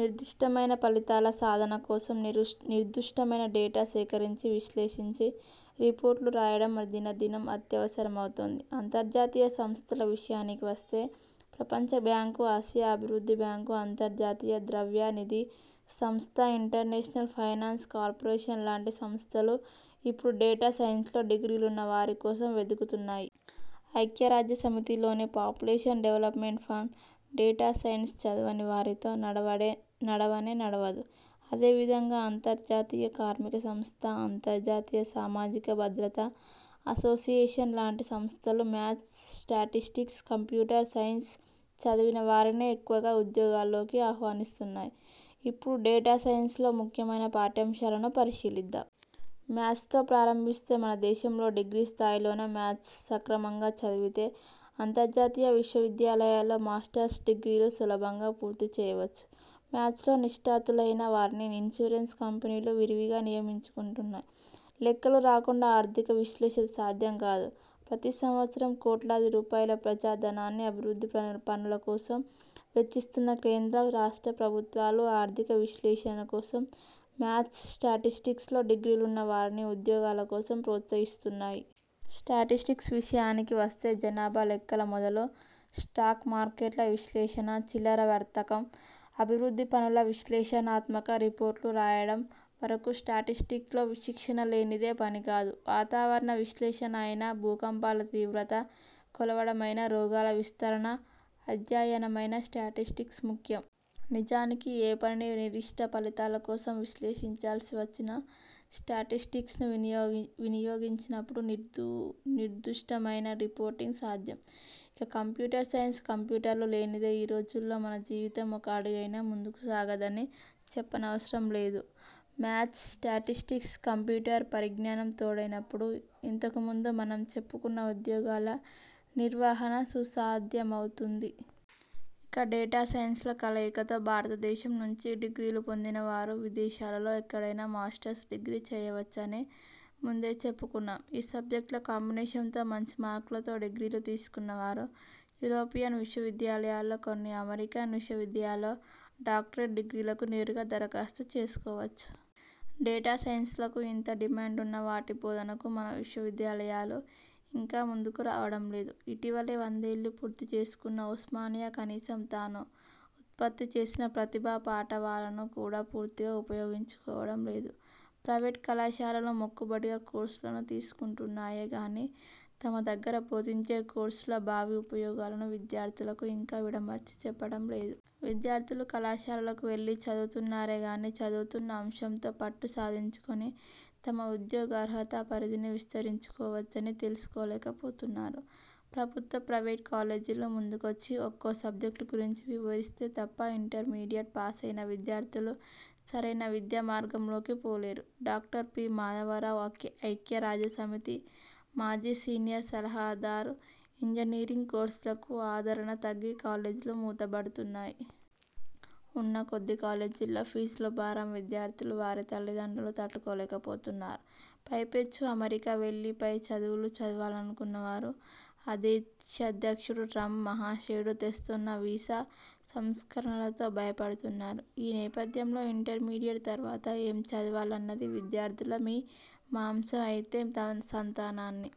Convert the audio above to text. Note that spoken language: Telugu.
నిర్దిష్టమైన ఫలితాల సాధన కోసం, నీరు నిర్దుష్టమైన డేటా సేకరించి, విశ్లేషించి రిపోర్టులు రాయడం దినదినం అత్యవసరమవుతోంది. అంతర్జాతీయ సంస్థల విషయానికి వస్తే ప్రపంచ బ్యాంకు, ఆసియా అభివృద్ధి బ్యాంకు, అంతర్జాతీయ ద్రవ్య నిధి సంస్థ, ఇంటర్నేషనల్ ఫైనాన్స్ కార్పొరేషన్ లాంటి సంస్థలు ఇప్పుడు డేటా సైన్సుల్లో డిగ్రీలున్నవారి కోసం వెదుకుతున్నాయి. ఐక్యరాజ్యసమితిలోని పాపులేషన్ డెవలప్మెంట్ ఫండ్ డేటాసైన్సు చదవని వారితో నడవడే నడవనే నడవదు. అదే విధంగా అంతర్జాతీయ కార్మిక సంస్థ, అంతర్జాతీయ సామాజిక భద్రతా అసోసియేషన్ లాంటి సంస్థలు మ్యాథ్స్, స్టాటిస్టిక్స్, కంప్యూటర్ సైన్సు చదివిన వారినే ఎక్కువగా ఉద్యోగాల్లోనికి ఆహ్వానిస్తున్నాయి. ఇప్పుడు డేటా సైన్సుల్లో ముఖ్యమైన పాఠ్యాంశాలను పరిశీలిద్దాం. మ్యాథ్స్ తో ప్రారంభిస్తే, మన దేశంలో డిగ్రీ స్థాయిలోనే మ్యాథ్స్ సక్రమంగా చదివితే అంతర్జాతీయ విశ్వవిద్యాలయాలలో మాస్టర్స్ డిగ్రీలు సులభంగా పూర్తి చేయవచ్చు. మ్యాథ్స్లో నిష్ణాతులైన వారిని ఇన్సూరెన్సు కంపెనీలు విరివిగా నియమించుకుంటున్నాయి. లెక్కలు రాకుండా ఆర్థిక విశ్లేషణ సాధ్యం కాదు. ప్రతి సంవత్సరం కోట్లాది రూపాయల ప్రజా ధనాన్ని అభివృద్ధి పన్నుల కోసం వెచ్చిస్తున్న కేంద్ర, రాష్ట్ర ప్రభుత్వాలు ఆర్థిక విశ్లేషణ కోసం మ్యాథ్స్, స్టాటిస్టిక్స్ లో డిగ్రీలున్న వారిని ఉద్యోగాల కోసం ప్రోత్సహిస్తున్నాయి. స్టాటిస్టిక్స్ విషయానికి వస్తే జనాభా లెక్కల మొదలు, స్టాక్ మార్కెట్ల విశ్లేషణ, చిల్లర వర్తకం, అభివృద్ధి పనుల విశ్లేషణాత్మక రిపోర్టులు రాయడం వరకు స్టాటిస్టిక్స్ లో శిక్షణ లేనిదే పని కాదు. వాతావరణ విశ్లేషణ అయినా, భూకంపాల తీవ్రత కొలవడమైనా, రోగాల విస్తరణ అధ్యయనమైనా స్టాటిస్టిక్స్ ముఖ్యం. నిజానికి ఏ పనిని నిర్దిష్ట ఫలితాల కోసం విశ్లేషించాల్సి వచ్చినా స్టాటిస్టిక్స్ ను వినియోగి వినియోగించినప్పుడే నిర్ధు నిర్దుష్టమైన రిపోర్టింగ్ సాధ్యం. ఇక కంప్యూటర్ సైన్సు, కంప్యూటర్లు లేనిదే ఈ రోజుల్లో మన జీవితం ఒక అడుగైనా ముందుకు సాగదని చెప్పనవసరం లేదు. మ్యాథ్స్, స్టాటిస్టిక్స్, కంప్యూ టర్ పరిజ్ఞానం తోడైనప్పుడు ఇంతకుముందు మనం చెప్పుకున్న ఉద్యోగాల నిర్వహణ సుసాధ్యమవుతుంది. ఇక డేటా సైన్సుల కలయికతో భారతదేశం నుంచి డిగ్రీలు పొందిన వారు విదేశాలలో ఎక్కడైనా మాస్టర్స్ డిగ్రీ చేయవచ్చని ముందే చెప్పుకున్నా. ఈ సబ్జెక్టుల కాంబినేషన్తో మంచి మార్కులతో డిగ్రీలు తీసుకున్న వారు, యూరోపియన్ విశ్వవిద్యాలయాల్లో, కొన్ని అమెరికన్ విశ్వవిద్యాలయాల్లో డాక్టరేట్ డిగ్రీలకు నేరుగా దరఖాస్తు చేసుకోవచ్చు. డేటా సైన్సులకు ఇంత డిమాండ్ ఉన్నా వాటి బోధనకు మన విశ్వవిద్యాలయాలు ఇంకా ముందుకు రావడం లేదు. ఇటీవలే వందేళ్ళు పూర్తి చేసుకున్న ఉస్మానియా కనీసం తాను ఉత్పత్తి చేసిన ప్రతిభా పాటవాలను కూడా పూర్తిగా ఉపయోగించుకోవడం లేదు. ప్రైవేటు కళాశాలలు మొక్కుబడిగా కోర్సులను తీసుకుంటున్నాయే గానీ, తమ దగ్గర బోధించే కోర్సుల భావి ఉపయోగాలను విద్యార్థులకు ఇంకా విడమర్చి చెప్పడం లేదు. విద్యార్థులు కళాశాలలకు వెళ్ళి చదువుతున్నారే గానీ, చదువుతున్న అంశంలో పట్టు సాధించుకుని తమ ఉద్యోగార్హత పరిధిని విస్తరించుకోవచ్చని తెలుసుకోలేక పోతున్నారు. ప్రభుత్వ, ప్రైవేటు కాలేజీలు ముందుకొచ్చి ఒక్కో సబ్జెక్టు గురించి వివరిస్తే తప్ప ఇంటర్మీడియెట్ పాసైన విద్యార్థులు సరైన విద్యామార్గంలోకి పోలేరు. Doctor P. మాధవరావు వాక్య ఐక్యరాజ్యసమితి మాజీ సీనియర్ సలహాదారు ఇంజనీరింగు కోర్సులకు ఆదరణ తగ్గి కాలేజీలు మూతపడుతున్నాయి. ఉన్న కొద్ది కాలేజీల్లో ఫీజులు భారం విద్యార్థులూ, వారి తల్లి దండ్రులూ తట్టుకోలేకపోతున్నారు. పైపెచ్చు అమెరికా వెళ్లి పై చదువులు చదవాలనుకున్న వారు ఆ దేశాధ్యక్షుడు ట్రంప్ మహాశయుడు తెస్తోన్న వీసా సంస్కరణలతో భయపడుతున్నారు. ఈ నేపథ్యంలో, ఇంటర్మీడియెట్ తర్వాత ఏం చదవాలన్నది విద్యార్థుల మీమాంస అయితే, తమ సంతానాన్ని